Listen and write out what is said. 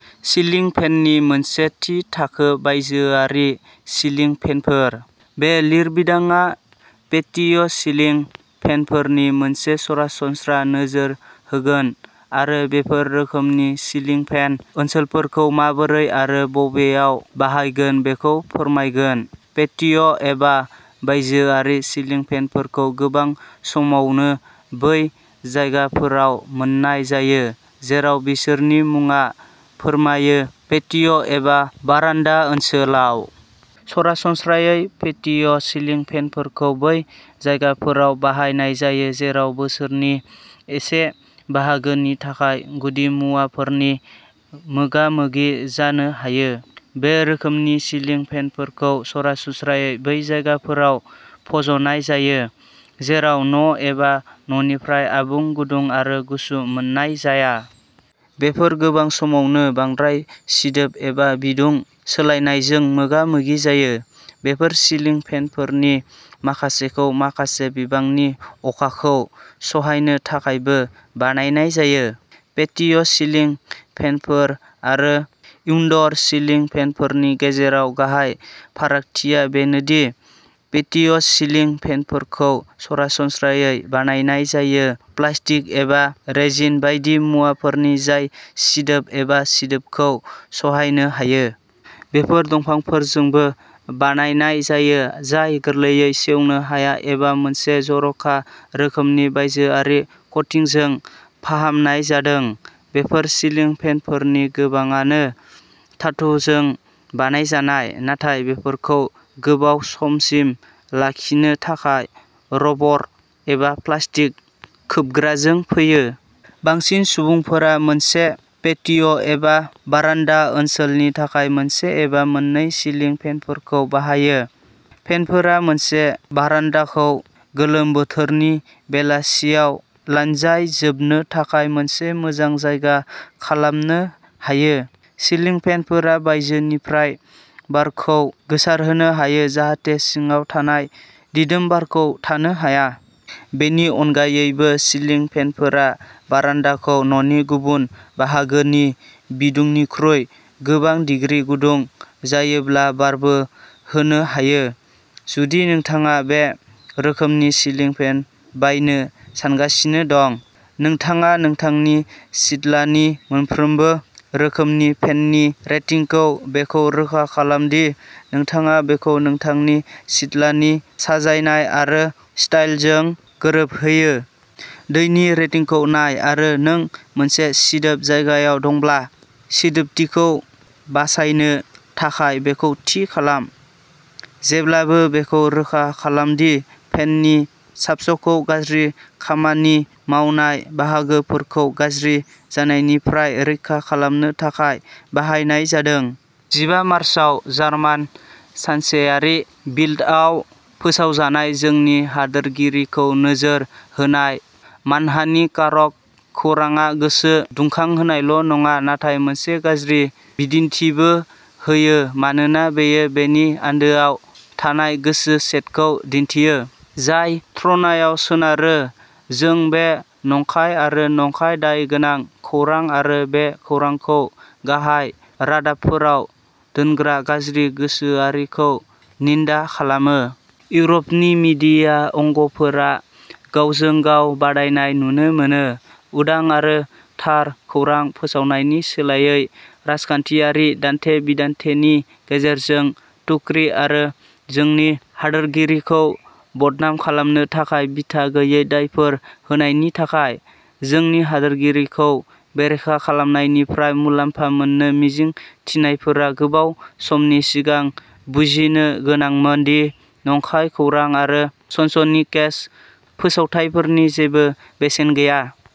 सिलिं फेननि मोनसे थि थाखो बायजोआरि सिलिं फेनफोर। बे लिरबिदांआ पेटिय'सिलिं फेनफोरनि मोनसे सरासनस्रा नोजोर होगोन आरो बेफोर रोखोमनि सिलिं फेन ओनसोलफोरखौ माबोरै आरो बबेयाव बाहायगोन बेखौ फोरमायगोन। पेटिय' एबा बायजोआरि सिलिं फेनफोरखौ गोबां समावनो बै जायगाफोराव मोन्नाय जायो जेराव बिसोरनि मुङा फोरमायो पेटिय' एबा बारान्दा ओनसोलाव। सरासनस्रायै पेटिय'सिलिं फेनफोरखौ बै जायगाफोराव बाहायनाय जायो जेराव बोसोरनि एसे बाहागोनि थाखाय गुदिमुवाफोरनि मोगामोगि जानो हायो। बे रोखोमनि सिलिं फेनफोरखौ सरासनस्रायै बै जायगाफोराव फज'नाय जायो जेराव न' एबा न'निफ्राय आबुं गुदुं आरो गुसु मोननाय जाया। बेफोर गोबां समावनो बांद्राय सिदोब एबा बिदुं सोलायनायजों मोगा-मोगि जायो। बेफोर सिलिं फेनफोरनि माखासेखौ माखासे बिबांनि अखाखौ सहायनो थाखायबो बानायनाय जायो। पेटिय'सिलिं फेनफोर आरो इनड'र सिलिं फेनफोरनि गेजेराव गाहाय फारागथिया बेनो दि पेटिय'सिलिं फेनफोरखौ सरासनस्रायै बानायनाय जायो प्लास्टिक एबा रेजिन बायदि मुवाफोरनि जाय सिदोब एबा सिदोबखौ सहायनो हायो। बेफोर दंफांफोरजोंबो बानाय जायो जाय गोरलैयै सेवनो हाया एबा मोनसे जर'खा रोखोमनि बायजोआरि क'टिंजों फाहामनाय जादों। बेफोर सिलिं फेनफोरनि गोबांआनो धातुजों बानायजानाय, नाथाय बेफोरखौ गोबाव समसिम लाखिनो थाखाय रबर एबा प्लास्टिक खोबग्राजों फैयो। बांसिन सुबुंफोरा मोनसे पेटिय' एबा बारान्दा ओनसोलनि थाखाय मोनसे एबा मोननै सिलिं फेनफोरखौ बाहायो। फेनफोरा मोनसे बारान्दाखौ गोलोम बोथोरनि बेलासियाव लानजाय जोबनो थाखाय मोनसे मोजां जायगा खालामनो हायो। सिलिं फेनफोरा बायजोनिफ्राय बारखौ गोसारहोनो हायो जाहाथे सिङाव थानाय दिदोम बारखौ थानो हाया। बेनि अनगायैबो, सिलिं फेनफोरा बारान्दाखौ न'नि गुबुन बाहागोनि बिदुंनिख्रुइ गोबां दिग्रि गुदुं जायोब्ला बारबो होनो हायो। जुदि नोंथाङा बे रोखोमनि सिलिं फेन बायनो सानगासिनो दं। नोंथाङा नोंथांनि सिथलानि मोनफ्रोमबो रोखोमनि फेननि रेटिंखौ बेखौ रोखा खालाम दि नोंथाङा बेखौ नोंथांनि सिथलानि साजायनाय आरो स्टाइलजों गोरोबहोयो। दैनि रेटिंखौ नाय आरो नों मोनसे सिदोब जायगायाव दंब्ला, सिदोबथिखौ बासायनो थाखाय बेखौ थि खालाम। जेब्लाबो बेखौ रोखा खालाम दि फेननि साबसखौ गाज्रि खामानि मावनाय बाहागोफोरखौ गाज्रि जानायनिफ्राय रैखा खालामनो थाखाय बाहायनाय जादों। जिबा मार्चाव जार्मान सानसेयारि बिल्डआव फोसावजानाय जोंनि हादोरगिरिखौ नोजोर होनाय मानहानिकारक खौरांआ गोसो दुंखांहोनायल' नङा, नाथाय मोनसे गाज्रि बिदिन्थिबो होयो मानोना बेयो बेनि आन्दोआव थानाय गोसो सेटखौ दिन्थियो, जाय ट्रणायाव सोनारो। जों बे नंखाय आरो नंखाय दाय गोनां खौरां आरो बे खौरांखौ गाहाय रादाबफोराव दोनग्रा गाज्रि गोसोआरिखौ निन्दा खालामो। इउर'पनि मीडिया अंगफोरा गावजों-गाव बादायनाय नुनो मोनो। उदां आरो थार खौरां फोसावनायनि सोलायै राजखान्थियारि दान्थे-बिदान्थेनि गेजेरजों तुक्री आरो जोंनि हादोरगिरिखौ बदनाम खालामनो थाखाय बिथा गैयै दायफोर होनायनि थाखाय। जोंनि हादोरगिरिखौ बेरेखा खालामनायनिफ्राय मुलाम्फा मोननो मिजिं थिनायफोरा गोबाव समनि सिगां बुजिनो गोनांमोन दि नंखाय खौरां आरो सनसनीखेज फोसावथायफोरनि जेबो बेसेन गैया।